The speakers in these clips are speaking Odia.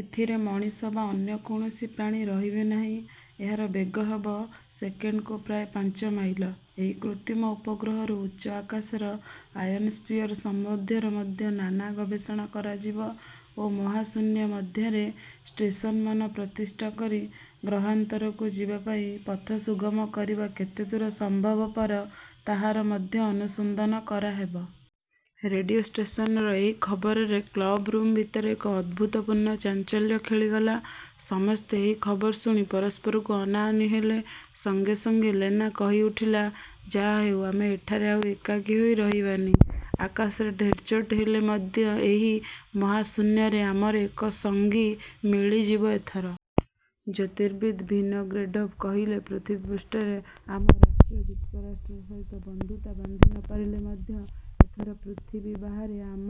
ଏଥିରେ ମଣିଷ ବା ଅନ୍ୟ କୌଣସି ପ୍ରାଣୀ ରହିବେ ନାହିଁ। ଏହାର ବେଗ ହେବ ସେକେଣ୍ଡକୁ ପ୍ରାୟ ପାଞ୍ଚ ମାଇଲ। ଏହି କୃତ୍ରିମ ଉପଗ୍ରହରୁ ଉଚ୍ଚ ଆକାଶର ଆୟନୋସ୍ପିଅର୍ ସମ୍ବନ୍ଧରେ ମଧ୍ୟ ନାନା ଗବେଷଣା କରାଯିବ ଓ ମହାଶୂନ୍ୟ ମଧ୍ୟରେ ଷ୍ଟେସନମାନ ପ୍ରତିଷ୍ଠା କରି ଗ୍ରହାନ୍ତରକୁ ଯିବା ପାଇଁ ପଥ ସୁଗମ କରିବା କେତେଦୂର ସମ୍ଭବପର ତାହାର ମଧ୍ୟ ଅନୁସନ୍ଧାନ କରାହେବ। '' ରେଡ଼ିଓ ଷ୍ଟେସନର ଏହି ଖବରରେ କ୍ଳବ ରୁମ୍ ଭିତରେ ଏକ ଅଭୁତପୂର୍ବ ଚାଞ୍ଚଲ୍ୟ ଖେଳିଗଲା। ସମସ୍ତେ ଏହି ଖବର ଶୁଣି ପରସ୍ପରକୁ ଅନାଅନି ହେଲେ। ସଙ୍ଗେ ସଙ୍ଗେ ଲେନା କହିଉଠିଲା, ''ଯାହା ହେଉ ଆମେ ଏଠାରେ ଆଉ ଏକାକୀ ହୋଇ ରହିବାନି। ଆକାଶରେ ଢେର୍ଛୋଟ ହେଲେ ମଧ୍ୟ ଏହି ମହାଶୂନ୍ୟରେ ଆମର ଏକ ସଙ୍ଗୀ ମିଳିଯିବ ଏଥର। '' ଜ୍ୟୋତିର୍ବିତ୍ ଭିନୋଗ୍ରେଡ଼ୋଭ୍ କହିଲେ, ''ପୃଥିବୀପୃଷ୍ଠରେ ଆମ ରାଷ୍ଟ୍ର ଯୁକ୍ତରାଷ୍ଟ୍ର ସହିତ ବନ୍ଧୁତା ବାନ୍ଧି ନ ପାରିଲେ ମଧ୍ୟ ଏଥର ପୃଥିବୀ ବାହାରେ ଆମ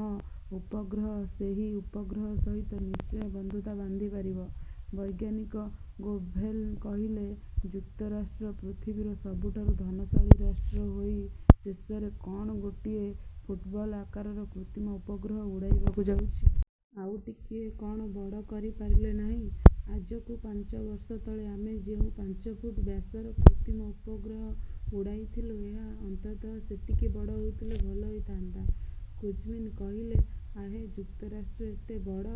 ଉପଗ୍ରହ; ସେହି ଉପଗ୍ରହ ସହିତ ନିଶ୍ଚୟ ବନ୍ଧୁତା ବାନ୍ଧିପାରିବ। '' ବୈଜ୍ଞାନିକ ଗୋଭେଲ୍ କହିଲେ, ''ଯୁକ୍ତରାଷ୍ଟ୍ର ପୃଥିବୀର ସବୁଠାରୁ ଧନଶାଳୀ ରାଷ୍ଟ୍ର ହୋଇ ଶେଷରେ କ'ଣ ଗୋଟାଏ ଫୁଟବଲ ଆକାରର କୃତ୍ରିମ ଉପଗ୍ରହ ଉଡ଼ାଇବାକୁ ଯାଉଛି। ଆଉ ଟିକିଏ କ'ଣ ବଡ଼ କରି ପାରିଲେ ନାହିଁ। ଆଜକୁ ପାଞ୍ଚ ବର୍ଷ ତଳେ ଆମେ ଯେଉଁ ପାଞ୍ଚଫୁଟ ବ୍ୟାସର କୃତ୍ରିମ ଉପଗ୍ରହ ଉଡ଼ାଇଥିଲୁଁ, ଏହା ଅନ୍ତତଃ ସେତିକି ବଡ଼ ହୋଇଥିଲେ ଭଲ ହୋଇଥାନ୍ତା-। '' କୁଜ୍ମିନ୍ କହିଲେ, ''ଆହେ, ଯୁକ୍ତରାଷ୍ଟ୍ର ଏତେ ବଡ଼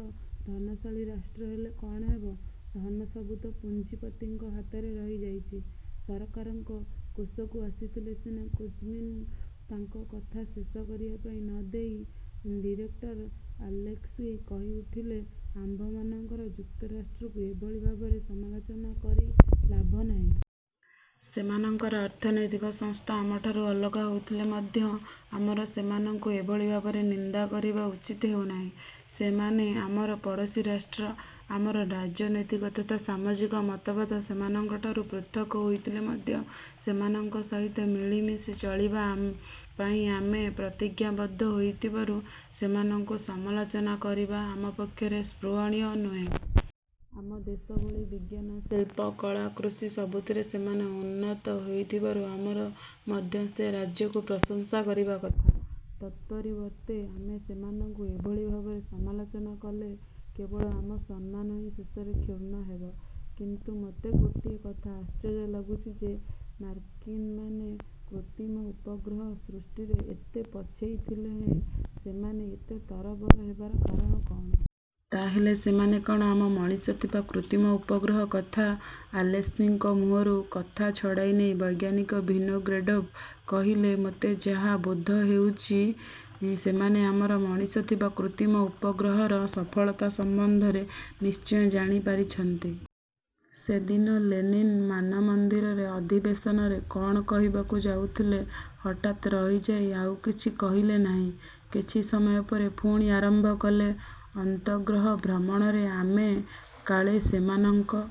ଧନଶାଳୀ ରାଷ୍ଟ୍ର ହେଲେ କ'ଣ ହେବ, ଧନ ସବୁ ତ ପୁଞ୍ଜିପତିଙ୍କ ହାତରେ ରହିଯାଇଛି; ସରକାରଙ୍କ କୋଷକୁ ଆସୁଥିଲେ ସିନା '' କୁଜ୍ମିନ୍ଙ୍କୁ ତାଙ୍କ କଥା ଶେଷ କରିବା ପାଇଁ ନ ଦେଇ ଡିରେକ୍ଟର ଆଲେସ୍କି କହିଉଠିଲେ, ''ଆମ୍ଭମାନଙ୍କର ଯୁକ୍ତରାଷ୍ଟ୍ରକୁ ଏଭଳି ଭାବରେ ସମାଲୋଚନା କରି ଲାଭ ନାହିଁ। ସେମାନଙ୍କର ଅର୍ଥନୈତିକ ସଂସ୍ଥା ଆମଠାରୁ ଅଲଗା ହୋଇଥିଲେ ମଧ୍ୟ ଆମର ସେମାନଙ୍କୁ ଏଭଳି ଭାବରେ ନିନ୍ଦା କରିବା ଉଚିତ ହେଉନାହିଁ। ସେମାନେ ଆମର ପଡ଼ୋଶୀ ରାଷ୍ଟ୍ର। ଆମର ରାଜନୈତିକ ତଥା ସାମାଜିକ ମତବାଦ ସେମାନଙ୍କଠାରୁ ପୃଥକ୍ ହୋଇଥିଲେ ମଧ୍ୟ ସେମାନଙ୍କ ସହିତ ମିଳିମିଶି ଚଳିବା ପାଇଁ ଆମେ ପ୍ରତିଜ୍ଞାବଦ୍ଧ ହୋଇଥିବାରୁ, ସେମାନଙ୍କୁ ସମାଲୋଚନା କରିବା ଆମ ପକ୍ଷରେ ସ୍ପୃହଣୀୟ ନୁହେଁ। ଆମ ଦେଶ ଭଳି ବିଜ୍ଞାନ, ଶିଳ୍ପ, କଳା, କୃଷି ସବୁଥିରେ ସେମାନେ ଉନ୍ନତ ହୋଇଥିବାରୁ ଆମର ମଧ୍ୟ ସେ ରାଜ୍ୟକୁ ପ୍ରଶଂସା କରିବା କଥା। ତତ୍ପରିବର୍ତ୍ତରେ ଆମେ ସେମାନଙ୍କୁ ଏଭଳି ଭାବରେ ସମାଲୋଚନା କଲେ କେବଳ ଆମ ସମ୍ମାନ ହିଁ ଶେଷରେ କ୍ଷୁର୍ଣ୍ଣ ହେବ। କିନ୍ତୁ ମୋତେ ଗୋଟିଏ କଥା ଆଶ୍ଚର୍ଯ୍ୟ ଲାଗୁଛି ଯେ ମାର୍କିନ୍ମାନେ କୃତ୍ରିମ ଉପଗ୍ରହ ସୃଷ୍ଟିରେ ଏତେ ପଛେଇଥିଲେହେଁ ସେମାନେ ଏତେ ତରବର ହେବାର କାରଣ କଅଣ? ତା ହେଲେ ସେମାନେ କ'ଣ ଆମ ମଣିଷ ଥିବା କୃତ୍ରିମ ଉପଗ୍ରହ କଥା '' ଆଲେସ୍କିଙ୍କ ମୁହଁରୁ କଥା ଛଡ଼ାଇ ନେଇ ବୈଜ୍ଞାନିକ ଭିନୋଗ୍ରେଡ଼ୋଭ୍ କହିଲେ, ''ମୋତେ ଯାହା ବୋଧ ହେଉଛି, ସେମାନେ ଆମର ମଣିଷ ଥିବା କୃତ୍ରିମ ଉପଗ୍ରହର ସଫଳତା ସମ୍ବନ୍ଧରେ ନିଶ୍ଚୟ ଜାଣିପାରିଛନ୍ତି। ସେ ଦିନ ଲେନିନ୍ ମାନମନ୍ଦିରର ଅଧିବେଶନରେ '' କ'ଣ କହିବାକୁ ଯାଉଥିଲେ, ହଠାତ୍ ରହିଯାଇ ଆଉ କିଛି କହିଲେ ନାହିଁ। କିଛି। ସମୟ ପରେ ପୁଣି ଆରମ୍ଭ କଲେ, ''ଅନ୍ତର୍ଗ୍ରହ ଭ୍ରମଣରେ ଆମେ କାଳେ ସେମାନଙ୍କ